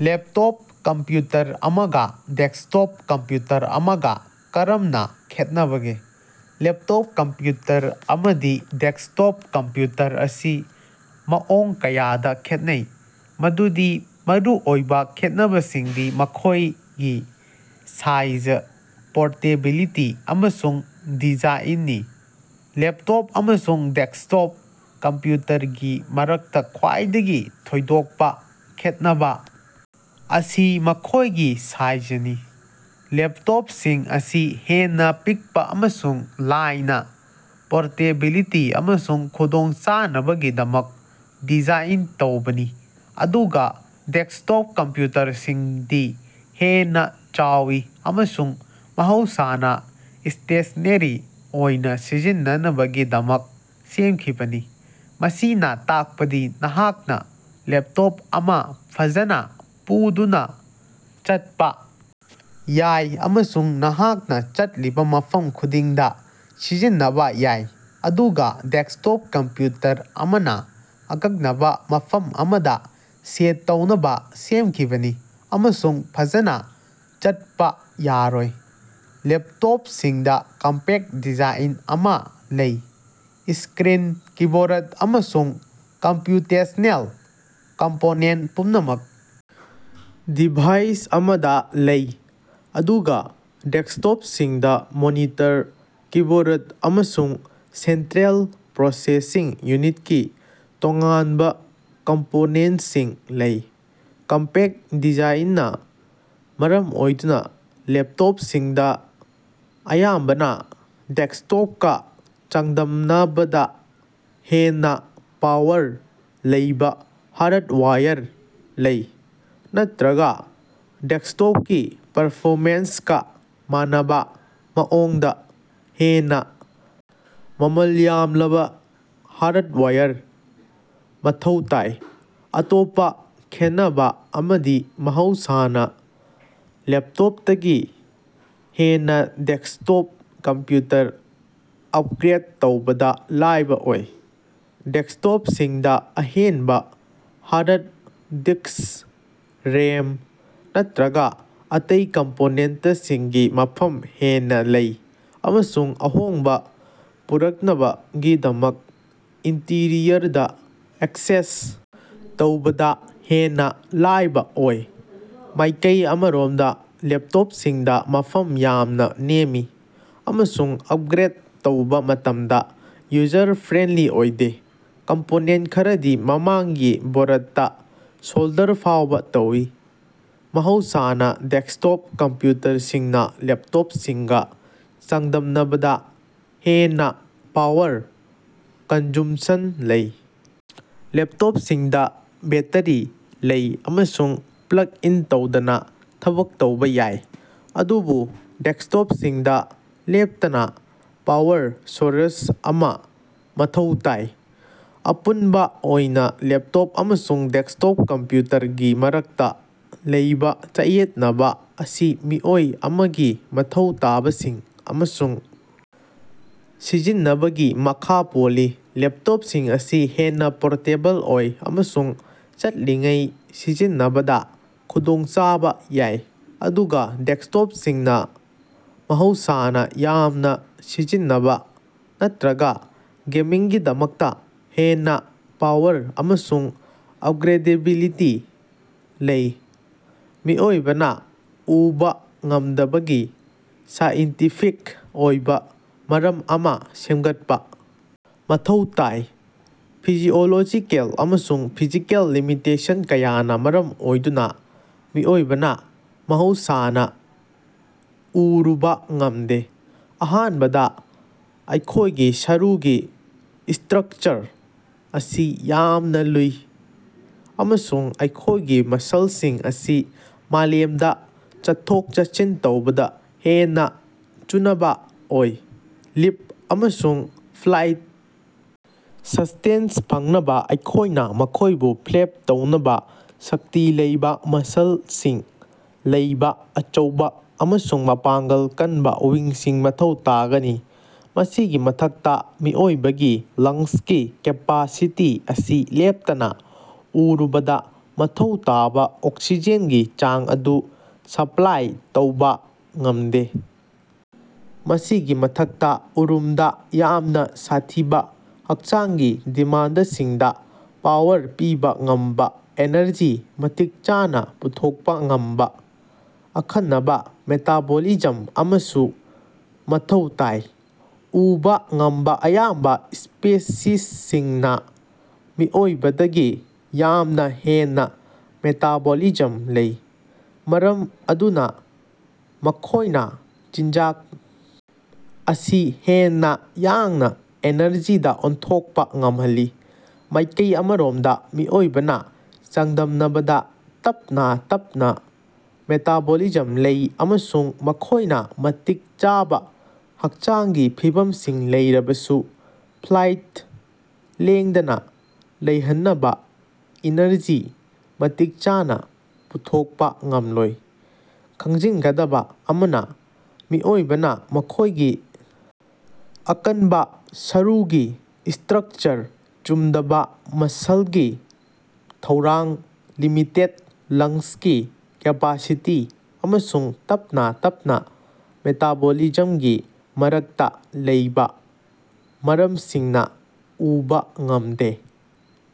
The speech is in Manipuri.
ꯂꯦꯞꯇꯣꯞ ꯀꯝꯄ꯭ꯌꯨꯇꯔ ꯑꯃꯒꯥ ꯗꯦꯛꯁꯇꯣꯞ ꯀꯝꯄ꯭ꯌꯨꯇꯔ ꯑꯃꯒꯥ ꯀꯔꯝꯅꯥ ꯈꯦꯠꯅꯕꯒꯦ? ꯂꯦꯞꯇꯣꯞ ꯀꯝꯄ꯭ꯌꯨꯇꯔ ꯑꯃꯗꯤ ꯗꯦꯛꯁꯇꯣꯞ ꯀꯝꯄ꯭ꯌꯨꯇꯔ ꯑꯁꯤ ꯃꯑꯣꯡ ꯀꯌꯥꯗꯥ ꯈꯦꯠꯅꯩ, ꯃꯗꯨꯒꯤ ꯃꯔꯨꯑꯣꯏꯕꯥ ꯈꯦꯠꯅꯕꯁꯤꯡꯗꯤ ꯃꯈꯣꯏꯒꯤ ꯁꯥꯏꯖ, ꯄꯣꯔꯇꯦꯕꯤꯂꯤꯇꯤ ꯑꯃꯁꯨꯡ ꯗꯤꯖꯥꯏꯟꯅꯤ꯫ ꯂꯦꯞꯇꯣꯞ ꯑꯃꯁꯨꯡ ꯗꯦꯛꯁꯇꯣꯞ ꯀꯝꯄ꯭ꯌꯨꯇꯔꯒꯤ ꯃꯔꯛꯇꯥ ꯈ꯭ꯋꯥꯏꯗꯒꯤ ꯊꯣꯏꯗꯣꯛꯄꯥ ꯈꯦꯠꯅꯕꯥ ꯑꯁꯤ ꯃꯈꯣꯏꯒꯤ ꯁꯥꯏꯖꯅꯤ꯫ ꯂꯦꯞꯇꯣꯞꯁꯤꯡ ꯑꯁꯤ ꯍꯦꯟꯅꯥ ꯄꯤꯛꯄꯥ ꯑꯃꯁꯨꯡ ꯂꯥꯏꯅꯥ, ꯄꯣꯔꯇꯦꯕꯤꯂꯤꯇꯤ ꯑꯃꯁꯨꯡ ꯈꯨꯗꯣꯡꯆꯥꯅꯕꯒꯤꯗꯃꯛ ꯗꯤꯖꯥꯏꯟ ꯇꯧꯕꯅꯤ, ꯑꯗꯨꯒꯥ ꯗꯦꯛꯁꯇꯣꯞ ꯀꯝꯄ꯭ꯌꯨꯇꯔꯁꯤꯡꯗꯤ ꯍꯦꯟꯅꯥ ꯆꯥꯎꯏ ꯑꯃꯁꯨꯡ ꯃꯍꯧꯁꯥꯅꯥ ꯁ꯭ꯇꯦꯁꯅꯦꯔꯤ ꯑꯣꯏꯅꯥ ꯁꯤꯖꯤꯟꯅꯅꯕꯒꯤꯗꯃꯛ ꯁꯦꯝꯈꯤꯕꯅꯤ꯫ ꯃꯁꯤꯅꯥ ꯇꯥꯛꯄꯗꯤ ꯅꯍꯥꯛꯅꯥ ꯂꯦꯞꯇꯣꯞ ꯑꯃꯥ ꯐꯖꯅꯥ ꯄꯨꯗꯨꯅꯥ ꯆꯠꯄꯥ ꯌꯥꯏ ꯑꯃꯁꯨꯡ ꯅꯍꯥꯛꯅꯥ ꯆꯠꯂꯤꯕꯥ ꯃꯐꯝ ꯈꯨꯗꯤꯡꯗꯥ ꯁꯤꯖꯤꯟꯅꯕꯥ ꯌꯥꯏ, ꯑꯗꯨꯒꯥ ꯗꯦꯛꯁꯇꯣꯞ ꯀꯝꯄ꯭ꯌꯨꯇꯔ ꯑꯃꯅꯥ ꯑꯀꯛꯅꯕꯥ ꯃꯐꯝ ꯑꯃꯗꯥ ꯁꯦꯠ ꯇꯧꯅꯕꯥ ꯁꯦꯝꯈꯤꯕꯅꯤ ꯑꯃꯁꯨꯡ ꯐꯖꯅꯥ ꯆꯠꯄꯥ ꯌꯥꯔꯣꯏ꯫ ꯂꯦꯞꯇꯣꯞꯁꯤꯡꯗꯥ ꯀꯝꯄꯦꯛ ꯗꯤꯖꯥꯏꯟ ꯑꯃꯥ ꯂꯩ, ꯏꯁꯀ꯭ꯔꯤꯟ, ꯀꯤꯕꯣꯔꯠ ꯑꯃꯁꯨꯡ ꯀꯝꯄ꯭ꯌꯨꯇꯦꯁꯅꯦꯜ ꯀꯝꯄꯣꯅꯦꯟ ꯄꯨꯝꯅꯃꯛ ꯗꯤꯚꯥꯏꯁ ꯑꯃꯗꯥ ꯂꯩ, ꯑꯗꯨꯒꯥ ꯗꯦꯛꯁꯇꯣꯞꯁꯤꯡꯗꯥ ꯃꯣꯅꯤꯇꯔ, ꯀꯤꯕꯣꯔꯠ ꯑꯃꯁꯨꯡ ꯁꯦꯟꯇ꯭ꯔꯦꯜ ꯄ꯭ꯔꯣꯁꯦꯁꯤꯡ ꯌꯨꯅꯤꯠꯀꯤ ꯇꯣꯉꯥꯟꯕꯥ ꯀꯝꯄꯣꯅꯦꯟꯁꯤꯡ ꯂꯩ꯫ ꯀꯝꯄꯦꯛ ꯗꯤꯖꯥꯏꯟꯅꯥ ꯃꯔꯝ ꯑꯣꯏꯗꯨꯅꯥ, ꯂꯦꯞꯇꯣꯞꯁꯤꯡꯗꯥ ꯑꯌꯥꯝꯕꯅꯥ ꯗꯦꯛꯁꯇꯣꯞꯀꯥ ꯆꯥꯡꯗꯝꯅꯕꯗꯥ ꯍꯦꯟꯅꯥ ꯄꯥꯋꯔ ꯂꯩꯕꯥ ꯍꯥꯔꯠꯋꯥꯌꯔ ꯂꯩ, ꯅꯠꯇ꯭ꯔꯒꯥ ꯗꯦꯛꯁꯇꯣꯞꯀꯤ ꯄꯔꯐꯣꯃꯦꯟꯁꯀꯥ ꯃꯥꯟꯅꯕꯥ ꯃꯑꯣꯡꯗꯥ ꯍꯦꯟꯅꯥ ꯃꯃꯜ ꯌꯥꯝꯂꯕꯥ ꯍꯥꯔꯠꯋꯥꯌꯔ ꯃꯊꯧ ꯇꯥꯏ꯫ ꯑꯇꯣꯞꯄꯥ ꯈꯦꯟꯅꯕꯥ ꯑꯃꯗꯤ ꯃꯍꯧꯁꯥꯅꯥ ꯂꯦꯞꯇꯣꯞꯇꯒꯤ ꯍꯦꯟꯅꯥ ꯗꯦꯛꯁꯇꯣꯞ ꯀꯝꯄ꯭ꯌꯨꯇꯔ ꯑꯞꯒ꯭ꯔꯦꯠ ꯇꯧꯕꯗꯥ ꯂꯥꯏꯕꯥ ꯑꯣꯏ꯫ ꯗꯦꯛꯁꯇꯣꯞꯁꯤꯡꯗꯥ ꯑꯍꯦꯟꯕꯥ ꯍꯥꯔꯠ ꯗꯤꯛꯁ, ꯔꯦꯝ, ꯅꯠꯇ꯭ꯔꯒꯥ ꯑꯇꯩ ꯀꯝꯄꯣꯅꯦꯟꯇꯁꯤꯡꯒꯤ ꯃꯐꯝ ꯍꯦꯟꯅꯥ ꯂꯩ ꯑꯃꯁꯨꯡ ꯑꯍꯣꯡꯕꯥ ꯄꯨꯔꯛꯅꯕꯒꯤꯗꯃꯛ ꯏꯟꯇꯤꯔꯤꯌꯔꯗꯥ ꯑꯦꯛꯁꯦꯁ ꯇꯧꯕꯗꯥ ꯍꯦꯟꯅꯥ ꯂꯥꯏꯕꯥ ꯑꯣꯏ꯫ ꯃꯥꯏꯀꯩ ꯑꯃꯔꯣꯝꯗꯥ ꯂꯦꯞꯇꯣꯞꯁꯤꯡꯗꯥ ꯃꯐꯝ ꯌꯥꯝꯅꯥ ꯅꯦꯝꯃꯤ ꯑꯃꯁꯨꯡ ꯑꯞꯒ꯭ꯔꯦꯠ ꯇꯧꯕꯥ ꯃꯇꯝꯗꯥ ꯌꯨꯖꯔ ꯐ꯭ꯔꯦꯟꯂꯤ ꯑꯣꯏꯗꯦ, ꯀꯝꯄꯣꯅꯦꯟ ꯈꯔꯗꯤ ꯃꯃꯥꯡꯒꯤ ꯕꯣꯔꯠꯇꯥ ꯁꯣꯜꯗꯔ ꯐꯥꯎꯕꯥ ꯇꯧꯏ꯫ ꯃꯍꯧꯁꯥꯅꯥ ꯗꯦꯛꯁꯇꯣꯞ ꯀꯝꯄ꯭ꯌꯨꯇꯔꯁꯤꯡꯅꯥ ꯂꯦꯞꯇꯣꯞꯁꯤꯡꯒꯥ ꯆꯥꯡꯗꯝꯅꯕꯗꯥ ꯍꯦꯟꯅꯥ ꯄꯥꯋꯔ ꯀꯟꯖꯨꯝꯁꯟ ꯂꯩ꯫ ꯂꯦꯞꯇꯣꯞꯁꯤꯡꯗꯥ ꯕꯦꯠꯇꯔꯤ ꯂꯩ ꯑꯃꯁꯨꯡ ꯄ꯭ꯂꯛ ꯏꯟ ꯇꯧꯗꯅꯥ ꯊꯕꯛ ꯇꯧꯕꯥ ꯌꯥꯏ, ꯑꯗꯨꯕꯨ ꯗꯦꯛꯁꯇꯣꯞꯁꯤꯡꯗꯥ ꯂꯦꯞꯇꯅꯥ ꯄꯥꯋꯔ ꯁꯣꯔꯁ ꯑꯃꯥ ꯃꯊꯧ ꯇꯥꯏ꯫ ꯑꯄꯨꯟꯕꯥ ꯑꯣꯏꯅꯥ ꯂꯦꯞꯇꯣꯞ ꯑꯃꯁꯨꯡ ꯗꯦꯛꯁꯇꯣꯞ ꯀꯝꯄ꯭ꯌꯨꯇꯔꯒꯤ ꯃꯔꯛꯇꯥ ꯂꯩꯕꯥ ꯆꯌꯦꯠꯅꯕꯥ ꯑꯁꯤ ꯃꯤꯑꯣꯏ ꯑꯃꯒꯤ ꯃꯊꯧ ꯇꯥꯕꯁꯤꯡ ꯑꯃꯁꯨꯡ ꯁꯤꯖꯤꯟꯅꯕꯒꯤ ꯃꯈꯥ ꯄꯣꯜꯂꯤ꯫ ꯂꯦꯞꯇꯣꯞꯁꯤꯡ ꯑꯁꯤ ꯍꯦꯟꯅꯥ ꯄꯣꯔꯇꯦꯕꯜ ꯑꯣꯏ ꯑꯃꯁꯨꯡ ꯆꯠꯂꯤꯉꯩꯗꯥ ꯁꯤꯖꯤꯟꯅꯕꯗꯥ ꯈꯨꯗꯣꯡꯆꯥꯕꯥ ꯌꯥꯏ, ꯑꯗꯨꯒꯥ ꯗꯦꯛꯁꯇꯣꯞꯁꯤꯡꯅꯥ ꯃꯍꯧꯁꯥꯅꯥ ꯌꯥꯝꯅꯥ ꯁꯤꯖꯤꯟꯅꯕꯥ ꯅꯠꯇ꯭ꯔꯒꯥ ꯒꯦꯃꯤꯡꯒꯤꯗꯃꯛꯇꯥ ꯍꯦꯟꯅꯥ ꯄꯥꯋꯔ ꯑꯃꯁꯨꯡ ꯑꯞꯒ꯭ꯔꯦꯗꯦꯕꯤꯂꯤꯇꯤ ꯂꯩ꯫ ꯃꯤꯑꯣꯏꯕꯅꯥ ꯎꯕꯥ ꯉꯝꯗꯕꯒꯤ ꯁꯥꯏꯟꯇꯤꯐꯤꯛ ꯑꯣꯏꯕꯥ ꯃꯔꯝ ꯑꯃꯥ ꯁꯦꯝꯒꯠꯄꯥ ꯃꯊꯧ ꯇꯥꯏ꯫ ꯐꯤꯖꯤꯑꯣꯂꯣꯖꯤꯀꯦꯜ ꯑꯃꯁꯨꯡ ꯐꯤꯖꯤꯀꯦꯜ ꯂꯤꯃꯤꯇꯦꯁꯟ ꯀꯌꯥꯅꯥ ꯃꯔꯝ ꯑꯣꯏꯗꯨꯅꯥ ꯃꯤꯑꯣꯏꯕꯅꯥ ꯃꯍꯧꯁꯥꯅꯥ ꯎꯔꯨꯕꯥ ꯉꯝꯗꯦ꯫ ꯑꯍꯥꯟꯕꯗꯥ, ꯑꯩꯈꯣꯏꯒꯤ ꯁꯔꯨꯒꯤ ꯏꯁꯇ꯭ꯔꯛꯆꯔ ꯑꯁꯤ ꯌꯥꯝꯅꯥ ꯂꯨꯏ ꯑꯃꯁꯨꯡ ꯑꯩꯈꯣꯏꯒꯤ ꯃꯁꯜꯁꯤꯡ ꯑꯁꯤ ꯃꯥꯂꯦꯝꯗꯥ ꯆꯠꯊꯣꯛ-ꯆꯠꯁꯤꯟ ꯇꯧꯕꯗꯥ ꯍꯦꯟꯅꯥ ꯆꯨꯅꯕꯥ ꯑꯣꯏ꯫ ꯂꯤꯞ ꯑꯃꯁꯨꯡ ꯐ꯭ꯂꯥꯏꯠ ꯁꯁ꯭ꯇꯦꯟꯁ ꯐꯪꯅꯕꯥ ꯑꯩꯈꯣꯏꯅꯥ ꯃꯈꯣꯏꯕꯨ ꯐ꯭ꯂꯦꯞ ꯇꯧꯅꯕꯥ ꯁꯛꯇꯤ ꯂꯩꯕꯥ ꯃꯁꯜꯁꯤꯡ ꯂꯩꯕꯥ ꯑꯆꯧꯕꯥ ꯑꯃꯁꯨꯡ ꯃꯄꯥꯡꯒꯜ ꯀꯟꯕꯥ ꯋꯤꯡꯁꯤꯡ ꯃꯊꯧ ꯇꯥꯒꯅꯤ꯫ ꯃꯁꯤꯒꯤ ꯃꯊꯛꯇꯥ, ꯃꯤꯑꯣꯏꯕꯒꯤ ꯂꯪꯁꯀꯤ ꯀꯦꯄꯥꯁꯤꯇꯤ ꯑꯁꯤ ꯂꯦꯞꯇꯅꯥ ꯎꯔꯨꯕꯗꯥ ꯃꯊꯧ ꯇꯥꯕꯥ ꯑꯣꯛꯁꯤꯖꯦꯟꯒꯤ ꯆꯥꯡ ꯑꯗꯨ ꯁꯄ꯭ꯂꯥꯏ ꯇꯧꯕꯥ ꯉꯝꯗꯦ꯫ ꯃꯁꯤꯒꯤ ꯃꯊꯛꯇꯥ, ꯎꯔꯨꯝꯗꯥ ꯌꯥꯝꯅꯥ ꯁꯥꯊꯤꯕꯥ ꯍꯛꯆꯥꯡꯒꯤ ꯗꯤꯃꯥꯟꯗꯁꯤꯡꯗꯥ ꯄꯥꯋꯔ ꯄꯤꯕꯥ ꯉꯝꯕꯥ ꯑꯦꯅꯔꯖꯤ ꯃꯇꯤꯛ ꯆꯥꯅꯥ ꯄꯨꯊꯣꯛꯄꯥ ꯉꯝꯕꯥ ꯑꯈꯟꯅꯕꯥ ꯃꯦꯇꯥꯕꯣꯂꯤꯖꯝ ꯑꯃꯁꯨ ꯃꯊꯧ ꯇꯥꯏ꯫ ꯎꯕꯥ ꯉꯝꯕꯥ ꯑꯌꯥꯝꯕꯥ ꯁ꯭ꯄꯦꯁꯤꯁꯁꯤꯡꯅꯥ ꯃꯤꯑꯣꯏꯕꯗꯒꯤ ꯌꯥꯝꯅꯥ ꯍꯦꯟꯅꯥ ꯃꯦꯇꯥꯕꯣꯂꯤꯖꯝ ꯂꯩ, ꯃꯔꯝ ꯑꯗꯨꯅꯥ ꯃꯈꯣꯏꯅꯥ ꯆꯤꯟꯖꯥꯛ ꯑꯁꯤ ꯍꯦꯟꯅꯥ ꯌꯥꯡꯅꯥ ꯑꯦꯅꯔꯖꯤꯗꯥ ꯑꯣꯟꯊꯣꯛꯄꯥ ꯉꯝꯍꯜꯂꯤ꯫ ꯃꯥꯏꯀꯩ ꯑꯃꯔꯣꯝꯗꯥ ꯃꯤꯑꯣꯏꯕꯅꯥ ꯆꯥꯡꯗꯝꯅꯕꯗꯥ ꯇꯞꯅꯥ ꯇꯞꯅꯥ ꯃꯦꯇꯥꯕꯣꯂꯤꯖꯝ ꯂꯩ ꯑꯃꯁꯨꯡ ꯃꯈꯣꯏꯅꯥ ꯃꯇꯤꯛ ꯆꯥꯕꯥ ꯍꯛꯆꯥꯡꯒꯤ ꯐꯤꯕꯝꯁꯤꯡ ꯂꯩꯔꯕꯁꯨ ꯐ꯭ꯂꯥꯏꯠ ꯂꯦꯡꯗꯅꯥ ꯂꯩꯍꯟꯅꯕꯥ ꯏꯅꯔꯖꯤ ꯃꯇꯤꯛ ꯆꯥꯅꯥ ꯄꯨꯊꯣꯛꯄꯥ ꯉꯝꯂꯣꯏ꯫ ꯈꯪꯖꯤꯟꯒꯗꯕꯥ ꯑꯃꯅꯥ, ꯃꯤꯑꯣꯏꯕꯅꯥ ꯃꯈꯣꯏꯒꯤ ꯑꯀꯟꯕꯥ ꯁꯔꯨꯒꯤ ꯏꯁꯇ꯭ꯔꯛꯆꯔ, ꯆꯨꯝꯗꯕꯥ ꯃꯁꯜꯒꯤ ꯊꯧꯔꯥꯡ, ꯂꯤꯃꯤꯇꯦꯠ ꯂꯪꯁꯀꯤ ꯀꯦꯄꯥꯁꯤꯇꯤ ꯑꯃꯁꯨꯡ ꯇꯞꯅꯥ ꯇꯞꯅꯥ ꯃꯦꯇꯥꯕꯣꯂꯤꯖꯝꯒꯤ ꯃꯔꯛꯇꯥ ꯂꯩꯕꯥ ꯃꯔꯝꯁꯤꯡꯅꯥ ꯎꯕꯥ ꯉꯝꯗꯦ꯫